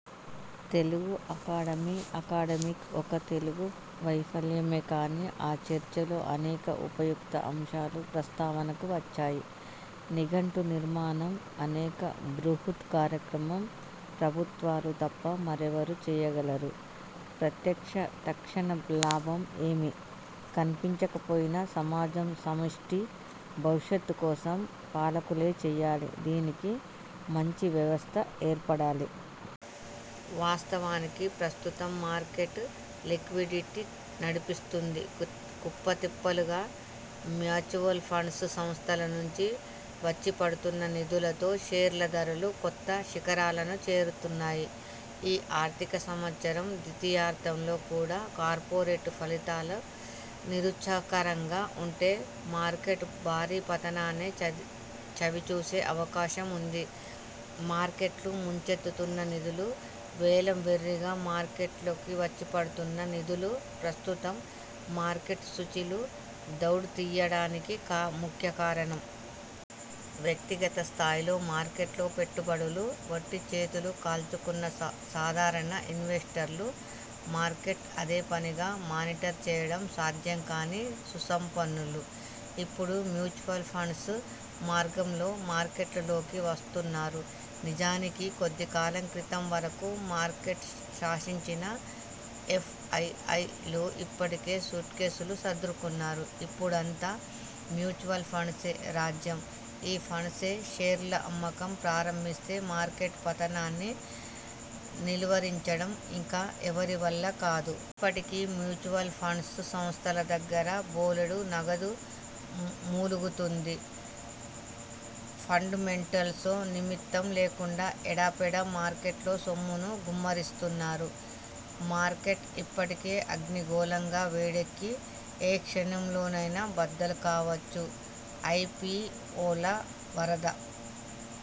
Telugu Academy academic Telugu ఒక వైఫల్యమే కానీ, ఆ చర్చలో అనేక ఉపయుక్త అంశాలు ప్రస్తావనకు వచ్చాయి. నిఘంటునిర్మాణం అనే బృహత్ కార్యక్రమం ప్రభుత్వాలు తప్ప మరెవరు చేయగలరు? ప్రత్యక్ష, తక్షణ లాభం ఏమీ కనిపించకపోయినా, సమాజం సమష్టి భవితవ్యం కోసం పాలకులే చేయాలి. దానికి మంచి వ్యవస్థ ఏర్పడాలి. వాస్తవానికి ప్రస్తుతం మార్కెట్ను లిక్విడిటీ నడిపిస్తోంది. కుప్పతెప్పలుగా మ్యూచువల్ఫండ్ సంస్థల నుంచి వచ్చిపడుతున్న నిధులతో షేర్ల ధరలు కొత్త శిఖరాలను చేరు తున్నాయి. ఈ ఆర్థిక సంవత్సరం ద్వితీయార్ధంలో కూడా కార్పొరేట్ ఫలితాలు నిరుత్సాహకరంగా ఉంటే మార్కెట్ భారీ పతనాన్నే చవిచేసే అవకాశం ఉంది. మార్కెట్ను ముంచెత్తుతున్న నిధులు వేలంవెర్రీగా మార్కెట్లోకి వచ్చి పడుతున్న నిధులు ప్రస్తు తం మార్కెట్ సూచీలు దౌడు తీయడానికి ముఖ్యకారణం. వ్యక్తిగత స్థాయిల్లో మార్కెట్లో పెట్టుబడులు పెట్టి చేతులుకాల్చుకున్న సాధారణ ఇన్వెస్టర్లు, మార్కెట్ను అదేపనిగా మానిటర్ చేయడం సాధ్యంకాని సంపన్నులు ఇప్పుడు మ్యూచువల్ఫండ్స్ మార్గంలో మార్కెట్లోకి వస్తున్నారు. నిజానికి కొద్దికాలం క్రితం వరకు మార్కెట్ను శాసించిన ఎఫ్ఐఐలు ఇప్పటికే సూట్కేసులు సర్దుకున్నారు. ఇప్పుడంతా మ్యూచువల్ఫండ్స్దే రాజ్యం. ఈ ఫండ్స్ షేర్ల అమ్మకం ప్రారంభిస్తే మా ర్కెట్ పతనాన్ని నిలువరించడం ఇక ఎవరివల్లా కాదు. ఇప్పటికీ మ్యూచువల్ ఫండ్స్ సంస్థల దగ్గర బోలెడు నగదు మూ లుగుతోంది. ఫండమెంటల్స్తో నిమిత్తం లేకుండా ఎడాపెడా మార్కెట్లో సొమ్మును గుమ్మరిస్తున్నారు. మార్కెట్ ఇప్పటికే అగ్నిగోళంలా వేడెక్కింది. ఏ క్షణంలోనైనా బద్దలు కావచ్చు. ఐపిఒల వరద